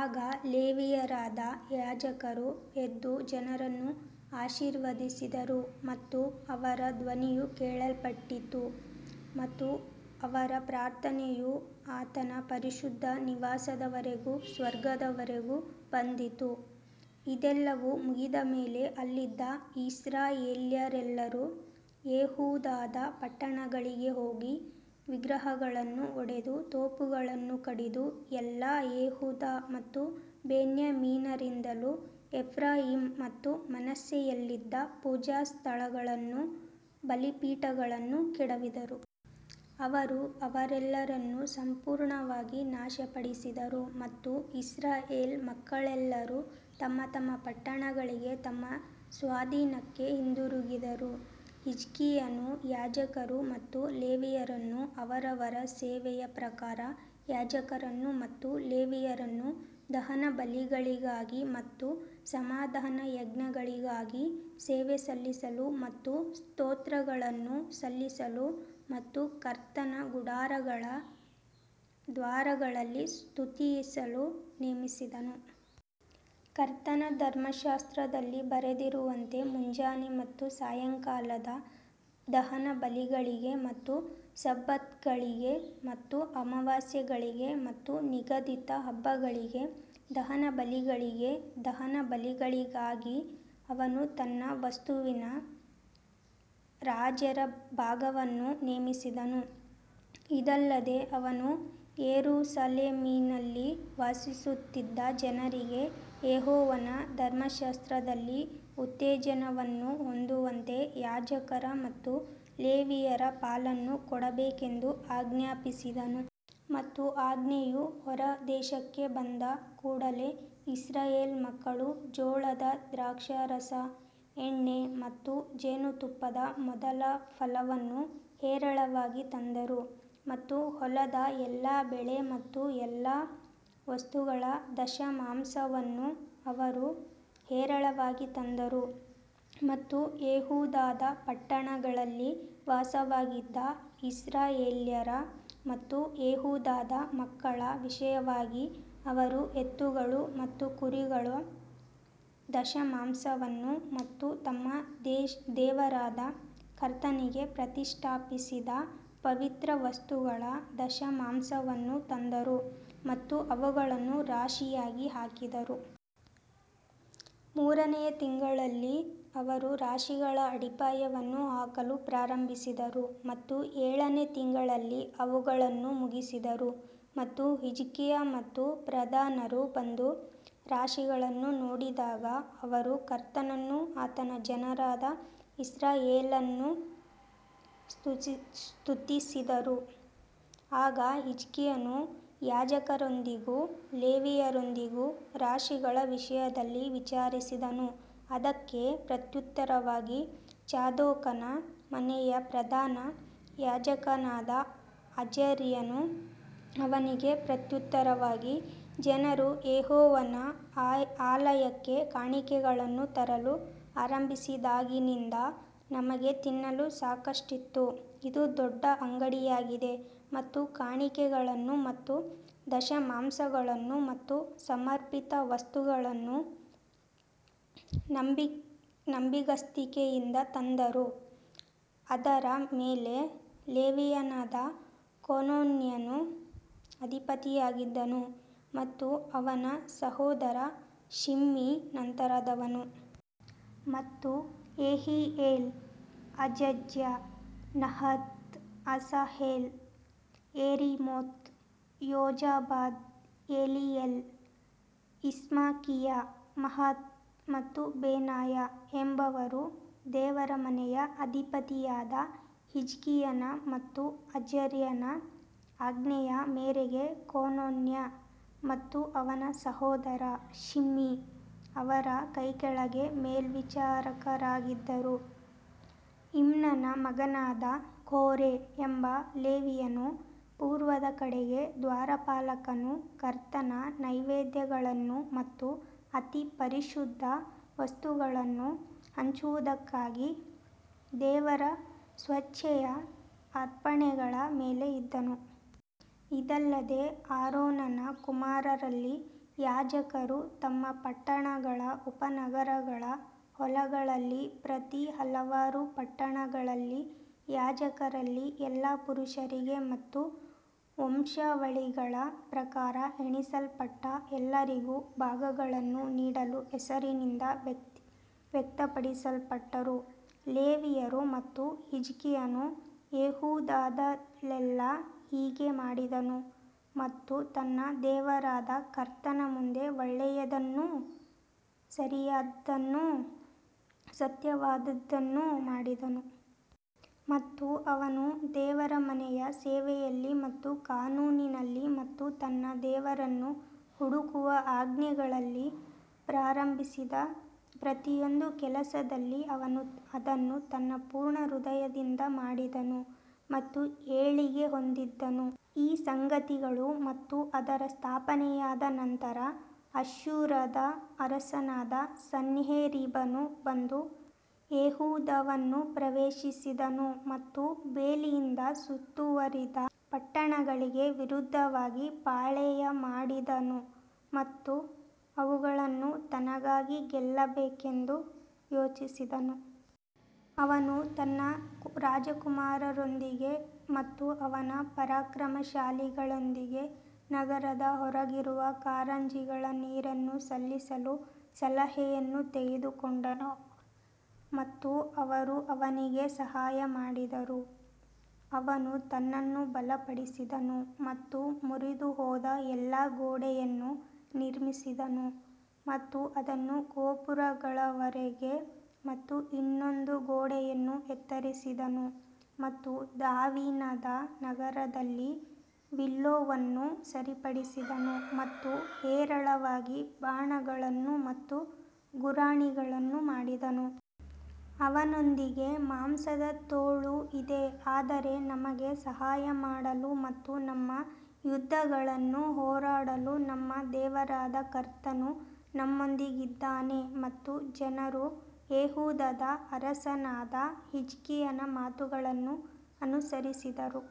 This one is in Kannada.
ಆಗ ಲೇವಿಯರಾದ ಯಾಜಕರು ಎದ್ದು ಜನರನ್ನು ಆಶೀರ್ವದಿಸಿದರು ಮತ್ತು ಅವರ ಧ್ವನಿಯು ಕೇಳಲ್ಪಟ್ಟಿತು ಮತ್ತು ಅವರ ಪ್ರಾರ್ಥನೆಯು ಆತನ ಪರಿಶುದ್ಧ ನಿವಾಸದವರೆಗೂ ಸ್ವರ್ಗದವರೆಗೂ ಬಂದಿತು. ಇದೆಲ್ಲವೂ ಮುಗಿದ ಮೇಲೆ ಅಲ್ಲಿದ್ದ ಇಸ್ರಾಯೇಲ್ಯರೆಲ್ಲರೂ ಯೆಹೂದದ ಪಟ್ಟಣಗಳಿಗೆ ಹೋಗಿ ವಿಗ್ರಹಗಳನ್ನು ಒಡೆದು ತೋಪುಗಳನ್ನು ಕಡಿದು ಎಲ್ಲಾ ಯೆಹೂದ ಮತ್ತು ಬೆನ್ಯಾಮಿನರಿಂದಲೂ ಎಫ್ರಾಯೀಮ್ ಮತ್ತು ಮನಸ್ಸೆಯಲ್ಲಿದ್ದ ಪೂಜಾಸ್ಥಳಗಳನ್ನೂ ಬಲಿಪೀಠಗಳನ್ನೂ ಕೆಡವಿದರು. ಅವರು ಅವರೆಲ್ಲರನ್ನೂ ಸಂಪೂರ್ಣವಾಗಿ ನಾಶಪಡಿಸಿದರು ಮತ್ತು ಇಸ್ರಾಯೇಲ್ ಮಕ್ಕಳೆಲ್ಲರೂ ತಮ್ಮ ತಮ್ಮ ಪಟ್ಟಣಗಳಿಗೆ ತಮ್ಮ ಸ್ವಾಧೀನಕ್ಕೆ ಹಿಂದಿರುಗಿದರು ಹಿಜ್ಕೀಯನು ಯಾಜಕರು ಮತ್ತು ಲೇವಿಯರನ್ನು ಅವರವರ ಸೇವೆಯ ಪ್ರಕಾರ ಯಾಜಕರನ್ನು ಮತ್ತು ಲೇವಿಯರನ್ನು ದಹನಬಲಿಗಳಿಗಾಗಿ ಮತ್ತು ಸಮಾಧಾನಯಜ್ಞಗಳಿಗಾಗಿ ಸೇವೆ ಸಲ್ಲಿಸಲು ಮತ್ತು ಸ್ತೋತ್ರಗಳನ್ನು ಸಲ್ಲಿಸಲು ಮತ್ತು ಕರ್ತನ ಗುಡಾರಗಳ ದ್ವಾರಗಳಲ್ಲಿ ಸ್ತುತಿಸಲು ನೇಮಿಸಿದನು. ಕರ್ತನ ಧರ್ಮಶಾಸ್ತ್ರದಲ್ಲಿ ಬರೆದಿರುವಂತೆ ಮುಂಜಾನೆ ಮತ್ತು ಸಾಯಂಕಾಲದ ದಹನಬಲಿಗಳಿಗೆ ಮತ್ತು ಸಬ್ಬತ್ಗಳಿಗೆ ಮತ್ತು ಅಮಾವಾಸ್ಯೆಗಳಿಗೆ ಮತ್ತು ನಿಗದಿತ ಹಬ್ಬಗಳಿಗೆ ದಹನಬಲಿಗಳಿಗೆ ದಹನಬಲಿಗಳಿಗಾಗಿ ಅವನು ತನ್ನ ವಸ್ತುವಿನ ರಾಜರ ಭಾಗವನ್ನು ನೇಮಿಸಿದನು. ಇದಲ್ಲದೆ ಅವನು ಯೆರೂಸಲೇಮಿನಲ್ಲಿ ವಾಸಿಸುತ್ತಿದ್ದ ಜನರಿಗೆ ಯೆಹೋವನ ಧರ್ಮಶಾಸ್ತ್ರದಲ್ಲಿ ಉತ್ತೇಜನವನ್ನು ಹೊಂದುವಂತೆ ಯಾಜಕರ ಮತ್ತು ಲೇವಿಯರ ಪಾಲನ್ನು ಕೊಡಬೇಕೆಂದು ಆಜ್ಞಾಪಿಸಿದನು. ಮತ್ತು ಆಜ್ಞೆಯು ಹೊರದೇಶಕ್ಕೆ ಬಂದ ಕೂಡಲೆ ಇಸ್ರಾಯೇಲ್ ಮಕ್ಕಳು ಜೋಳದ ದ್ರಾಕ್ಷಾರಸ, ಎಣ್ಣೆ ಮತ್ತು ಜೇನುತುಪ್ಪದ ಮೊದಲ ಫಲವನ್ನು ಹೇರಳವಾಗಿ ತಂದರು ಮತ್ತು ಹೊಲದ ಎಲ್ಲಾ ಬೆಳೆ ಮತ್ತು ಎಲ್ಲಾ ವಸ್ತುಗಳ ದಶಮಾಂಶವನ್ನು ಅವರು ಹೇರಳವಾಗಿ ತಂದರು. ಮತ್ತು ಯೆಹೂದದ ಪಟ್ಟಣಗಳಲ್ಲಿ ವಾಸವಾಗಿದ್ದ ಇಸ್ರಾಯೇಲ್ಯರ ಮತ್ತು ಯೆಹೂದದ ಮಕ್ಕಳ ವಿಷಯವಾಗಿ ಅವರು ಎತ್ತುಗಳು ಮತ್ತು ಕುರಿಗಳ ದಶಮಾಂಶವನ್ನು ಮತ್ತು ತಮ್ಮ ದೇವರಾದ ಕರ್ತನಿಗೆ ಪ್ರತಿಷ್ಠಾಪಿಸಿದ ಪವಿತ್ರ ವಸ್ತುಗಳ ದಶಮಾಂಶವನ್ನು ತಂದರು ಮತ್ತು ಅವುಗಳನ್ನು ರಾಶಿಯಾಗಿ ಹಾಕಿದರು. ಮೂರನೆಯ ತಿಂಗಳಲ್ಲಿ ಅವರು ರಾಶಿಗಳ ಅಡಿಪಾಯವನ್ನು ಹಾಕಲು ಪ್ರಾರಂಭಿಸಿದರು ಮತ್ತು ಏಳನೇ ತಿಂಗಳಲ್ಲಿ ಅವುಗಳನ್ನು ಮುಗಿಸಿದರು ಮತ್ತು ಹಿಜ್ಕೀಯ ಮತ್ತು ಪ್ರಧಾನರು ಬಂದು ರಾಶಿಗಳನ್ನು ನೋಡಿದಾಗ ಅವರು ಕರ್ತನನ್ನೂ ಆತನ ಜನರಾದ ಇಸ್ರಾಯೇಲನ್ನೂ ಸ್ತುತಿಸಿದರು. ಆಗ ಹಿಜ್ಕೀಯನು ಯಾಜಕರೊಂದಿಗೂ ಲೇವಿಯರೊಂದಿಗೂ ರಾಶಿಗಳ ವಿಷಯದಲ್ಲಿ ವಿಚಾರಿಸಿದನು ಅದಕ್ಕೆ ಪ್ರತ್ಯುತ್ತರವಾಗಿ ಚಾದೋಕನ ಮನೆಯ ಪ್ರಧಾನ ಯಾಜಕನಾದ ಅಜರ್ಯನು ಅವನಿಗೆ ಪ್ರತ್ಯುತ್ತರವಾಗಿ--ಜನರು ಯೆಹೋವನ ಆಲಯಕ್ಕೆ ಕಾಣಿಕೆಗಳನ್ನು ತರಲು ಆರಂಭಿಸಿದಾಗಿನಿಂದ ನಮಗೆ ತಿನ್ನಲು ಸಾಕಷ್ಟಿತ್ತು ಇದು ದೊಡ್ಡ ಅಂಗಡಿಯಾಗಿದೆ ಮತ್ತು ಕಾಣಿಕೆಗಳನ್ನು ಮತ್ತು ದಶಮಾಂಶಗಳನ್ನು ಮತ್ತು ಸಮರ್ಪಿತ ವಸ್ತುಗಳನ್ನು ನಂಬಿಗಸ್ತಿಕೆಯಿಂದ ತಂದರು, ಅದರ ಮೇಲೆ ಲೇವಿಯನಾದ ಕೊನೋನ್ಯನು ಅಧಿಪತಿಯಾಗಿದ್ದನು ಮತ್ತು ಅವನ ಸಹೋದರ ಶಿಮ್ಮಿ ನಂತರದವನು. ಮತ್ತು Jehiel, Azaziah, Nahath, Asahel, Jerimoth, Jozabad, Eliel, Ismachiah, Mahath ಮತ್ತು ಬೆನಾಯ ಎಂಬವರು ದೇವರ ಮನೆಯ ಅಧಿಪತಿಯಾದ ಹಿಜ್ಕೀಯನ ಮತ್ತು ಅಜರ್ಯನ ಆಜ್ಞೆಯ ಮೇರೆಗೆ ಕೊನೊನ್ಯ ಮತ್ತು ಅವನ ಸಹೋದರ ಶಿಮ್ಮಿ ಅವರ ಕೈಕೆಳಗೆ ಮೇಲ್ವಿಚಾರಕರಾಗಿದ್ದರು. ಇಮ್ನನ ಮಗನಾದ ಕೋರೆ ಎಂಬ ಲೇವಿಯನು ಪೂರ್ವದ ಕಡೆಗೆ ದ್ವಾರಪಾಲಕನು ಕರ್ತನ ನೈವೇದ್ಯಗಳನ್ನು ಮತ್ತು ಅತಿ ಪರಿಶುದ್ಧ ವಸ್ತುಗಳನ್ನು ಹಂಚುವದಕ್ಕಾಗಿ ದೇವರ ಸ್ವೇಚ್ಛೆಯ ಅರ್ಪಣೆಗಳ ಮೇಲೆ ಇದ್ದನು. ಇದಲ್ಲದೆ ಆರೋನನ ಕುಮಾರರಲ್ಲಿ ಯಾಜಕರು ತಮ್ಮ ಪಟ್ಟಣಗಳ ಉಪನಗರಗಳ ಹೊಲಗಳಲ್ಲಿ ಪ್ರತಿ ಹಲವಾರು ಪಟ್ಟಣಗಳಲ್ಲಿ ಯಾಜಕರಲ್ಲಿ ಎಲ್ಲಾ ಪುರುಷರಿಗೆ ಮತ್ತು ವಂಶಾವಳಿಗಳ ಪ್ರಕಾರ ಎಣಿಸಲ್ಪಟ್ಟ ಎಲ್ಲರಿಗೂ ಭಾಗಗಳನ್ನು ನೀಡಲು ಹೆಸರಿನಿಂದ ವ್ಯಕ್ತಪಡಿಸಲ್ಪಟ್ಟರು. ಲೇವಿಯರು ಮತ್ತು ಹಿಜ್ಕೀಯನು ಯೆಹೂದದಲ್ಲೆಲ್ಲಾ ಹೀಗೆ ಮಾಡಿದನು ಮತ್ತು ತನ್ನ ದೇವರಾದ ಕರ್ತನ ಮುಂದೆ ಒಳ್ಳೇದನ್ನೂ ಸರಿಯಾದದ್ದನ್ನೂ ಸತ್ಯವಾದದ್ದನ್ನೂ ಮಾಡಿದನು. ಮತ್ತು ಅವನು ದೇವರ ಮನೆಯ ಸೇವೆಯಲ್ಲಿ ಮತ್ತು ಕಾನೂನಿನಲ್ಲಿ ಮತ್ತು ತನ್ನ ದೇವರನ್ನು ಹುಡುಕುವ ಆಜ್ಞೆಗಳಲ್ಲಿ ಪ್ರಾರಂಭಿಸಿದ ಪ್ರತಿಯೊಂದು ಕೆಲಸದಲ್ಲಿ ಅವನು ಅದನ್ನು ತನ್ನ ಪೂರ್ಣ ಹೃದಯದಿಂದ ಮಾಡಿದನು ಮತ್ತು ಏಳಿಗೆ ಹೊಂದಿದ್ದನು. ಈ ಸಂಗತಿಗಳು ಮತ್ತು ಅದರ ಸ್ಥಾಪನೆಯಾದ ನಂತರ ಅಶ್ಶೂರದ ಅರಸನಾದ ಸನ್ಹೇರೀಬನು ಬಂದು ಯೆಹೂದವನ್ನು ಪ್ರವೇಶಿಸಿದನು ಮತ್ತು ಬೇಲಿಯಿಂದ ಸುತ್ತುವರಿದ ಪಟ್ಟಣಗಳಿಗೆ ವಿರುದ್ಧವಾಗಿ ಪಾಳೆಯಮಾಡಿದನು ಮತ್ತು ಅವುಗಳನ್ನು ತನಗಾಗಿ ಗೆಲ್ಲಬೇಕೆಂದು ಯೋಚಿಸಿದನು. ಅವನು ತನ್ನ ರಾಜಕುಮಾರರೊಂದಿಗೆ ಮತ್ತು ಅವನ ಪರಾಕ್ರಮಶಾಲಿಗಳೊಂದಿಗೆ ನಗರದ ಹೊರಗಿರುವ ಕಾರಂಜಿಗಳ ನೀರನ್ನು ನಿಲ್ಲಿಸಲು ಸಲಹೆಯನ್ನು ತೆಗೆದುಕೊಂಡನು ಮತ್ತು ಅವರು ಅವನಿಗೆ ಸಹಾಯ ಮಾಡಿದರು. ಅವನು ತನ್ನನ್ನು ಬಲಪಡಿಸಿದನು ಮತ್ತು ಮುರಿದುಹೋದ ಎಲ್ಲಾ ಗೋಡೆಯನ್ನು ನಿರ್ಮಿಸಿದನು ಮತ್ತು ಅದನ್ನು ಗೋಪುರಗಳವರೆಗೆ ಮತ್ತು ಇನ್ನೊಂದು ಗೋಡೆಯನ್ನು ಎತ್ತರಿಸಿದನು ಮತ್ತು ದಾವೀದನ ನಗರದಲ್ಲಿ ಮಿಲ್ಲೋವನ್ನು ಸರಿಪಡಿಸಿದನು ಮತ್ತು ಹೇರಳವಾಗಿ ಬಾಣಗಳನ್ನು ಮತ್ತು ಗುರಾಣಿಗಳನ್ನು ಮಾಡಿದನು. ಅವನೊಂದಿಗೆ ಮಾಂಸದ ತೋಳು ಇದೆ ಆದರೆ ನಮಗೆ ಸಹಾಯ ಮಾಡಲು ಮತ್ತು ನಮ್ಮ ಯುದ್ಧಗಳನ್ನು ಹೋರಾಡಲು ನಮ್ಮ ದೇವರಾದ ಕರ್ತನು ನಮ್ಮೊಂದಿಗಿದ್ದಾನೆ ಮತ್ತು ಜನರು ಯೆಹೂದದ ಅರಸನಾದ ಹಿಜ್ಕೀಯನ ಮಾತುಗಳನ್ನು ಅನುಸರಿಸಿದರು.